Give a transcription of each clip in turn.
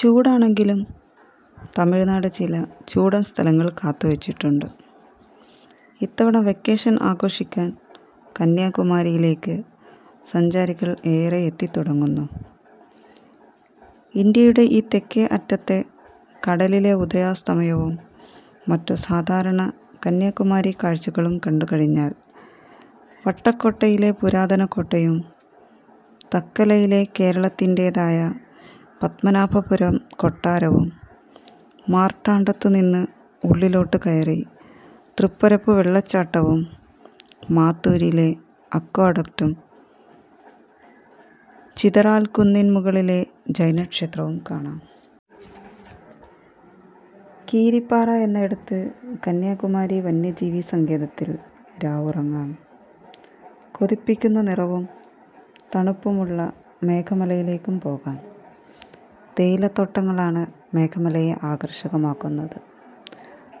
ചൂടാണെങ്കിലും തമിഴ്നാട് ചില ചൂടൻ സ്ഥലങ്ങൾ കാത്തുവച്ചിട്ടുണ്ട് ഇത്തവണ വെക്കേഷൻ ആഘോഷിക്കാൻ. കന്യാകുമാരിയിലേക്ക് സഞ്ചാരികൾ ഏറെ എത്തിത്തുടങ്ങുന്നു. ഇന്ത്യയുടെ ഈ തെക്കേ അറ്റത്തെ കടലിലെ ഉദയാസ്തമയവും മറ്റു സാധാരണ കന്യാകുമാരി കാഴ്ചകളും കണ്ടുകഴിഞ്ഞാൽ വട്ടക്കോട്ടയിലെ പുരാതന കോട്ടയും തക്കലയിലെ കേരളത്തിന്റേതായ പദ്മനാഭപുരം കൊട്ടാരവും മാർത്താണ്ഡത്തുനിന്ന് ഉള്ളിലോട്ട് കയറി തൃപ്പരപ്പ് വെള്ളച്ചാട്ടവും മാത്തൂരിലെ അക്വാഡക്ടും ചിതറാൽ കുന്നിൻമുകളിലെ ജൈനക്ഷേത്രവും കാണാം. കീരിപ്പാറ എന്നയിടത്ത് കന്യാകുമാരി വന്യജീവിസങ്കേതത്തിൽ രാവുറങ്ങാം. കൊതിപ്പിക്കുന്ന നിറവും തണുപ്പുമുള്ള മേഘമലയിലേക്കും പോകാം. തേയിലത്തോട്ടങ്ങളാണ് മേഘമലയെ ആകർഷകമാക്കുന്നത്.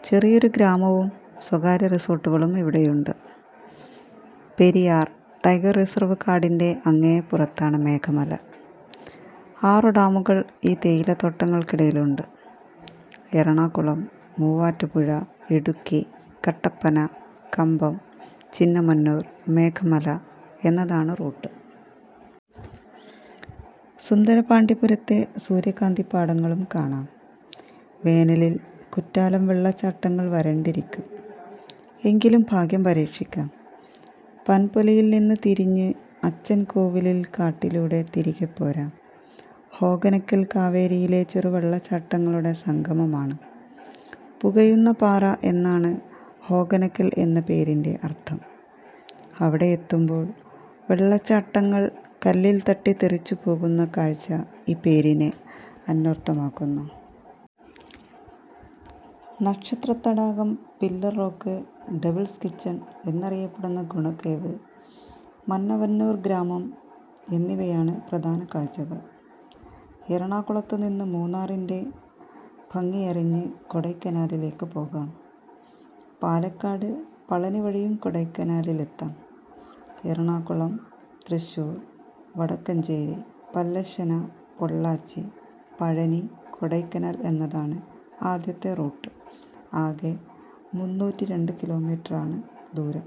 ചെറിയൊരു ഗ്രാമവും സ്വകാര്യ റിസോർട്ടുകളും ഇവിടെയുണ്ട്. പെരിയാർ ടൈഗർ റിസർവ് കാടിന്റെ അങ്ങേപ്പുറത്താണ് മേഘമല. ആറു ഡാമുകൾ ഈ തേയിലത്തോട്ടങ്ങൾക്കിടയിലുണ്ട്. എറണാകുളം മൂവാറ്റുപുഴ ഇടുക്കി കട്ടപ്പന കമ്പം ചിന്നമന്നൂർ മേഘമല എന്നതാണ് റൂട്ട്. സുന്ദരപാണ്ഡ്യപുരത്തെ സൂര്യകാന്തിപ്പാടങ്ങളും കാണാം. വേനലിൽ കുറ്റാലം വെള്ളച്ചാട്ടങ്ങൾ വരണ്ടിരിക്കും. എങ്കിലും ഭാഗ്യം പരീക്ഷിക്കാം. പൻപൊലിയിൽനിന്ന് തിരിഞ്ഞ് അച്ചൻകോവിൽ കാട്ടിലൂടെ തിരികെപ്പോരാം. ഹോഗനക്കൽ കാവേരിയിലെ ചെറുവെള്ളച്ചാട്ടങ്ങളുടെ സംഗമമാണ്. പുകയുന്ന പാറ എന്നാണ് ഹോഗനക്കൽ എന്ന പേരിന്റെ അർഥം. അവിടെയെത്തുമ്പോൾ വെള്ളച്ചാട്ടങ്ങൾ കല്ലിൽ തട്ടി തെറിച്ചുപോകുന്ന കാഴ്ച ഈ പേരിനെ അന്വർഥമാക്കുന്നു. നക്ഷത്രത്തടാകം പില്ലർ റോക്ക് ഡെവിൾസ് കിച്ചൺ എന്നറിയപ്പെടുന്ന ഗുണകേവ് മന്നവന്നൂർ ഗ്രാമം എന്നിവയാണ് പ്രധാന കാഴ്ചകൾ. എറണാകുളത്തുനിന്ന് മൂന്നാറിന്റെ ഭംഗിയറിഞ്ഞ് കൊടൈക്കനാലിലേക്ക് പോകാം. പാലക്കാട് പളനി വഴിയും കൊടൈക്കനാലിലെത്താം. എറണാകുളം തൃശ്ശൂർ വടക്കഞ്ചേരി പല്ലശ്ശന പൊള്ളാച്ചി പഴനി കൊടൈക്കനാൽ എന്നതാണ് ആദ്യത്തെ റൂട്ട്. ആകെ മുന്നൂറ്റി രണ്ട് കിലോമീറ്ററാണ് ദൂരം.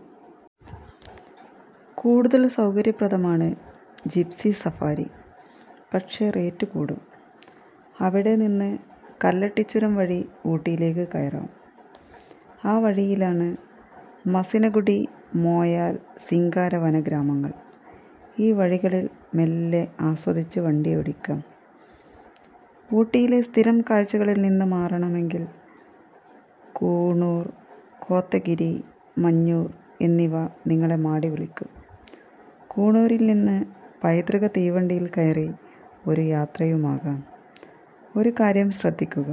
കൂടുതൽ സൗകര്യപ്രദമാണ് ജിപ്സി സഫാരി. പക്ഷേ റേറ്റ് കൂടും. അവിടെനിന്ന് കല്ലട്ടിച്ചുരം വഴി ഊട്ടിയിലേക്ക് കയറാം. ആ വഴിയിലാണ് മസിനഗുഡി മോയാർ സിംഗാര വനഗ്രാമങ്ങൾ. ഈ വഴികളിൽ മെല്ലെ ആസ്വദിച്ച് വണ്ടിയോടിക്കാം. ഊട്ടിയിലെ സ്ഥിരം കാഴ്ചകളിൽനിന്ന് മാറണമെങ്കിൽ കൂണൂർ കോത്തഗിരി മഞ്ഞൂർ എന്നിവ നിങ്ങളെ മാടിവിളിക്കും. കൂണൂരിൽനിന്ന് പൈതൃക തീവണ്ടിയിൽ കയറി ഒരു യാത്രയുമാകാം. ഒരു കാര്യം ശ്രദ്ധിക്കുക.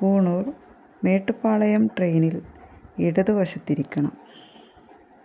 കൂണൂർ മേട്ടുപ്പാളയം ട്രെയിനിൽ ഇടതുവശത്തിരിക്കണം.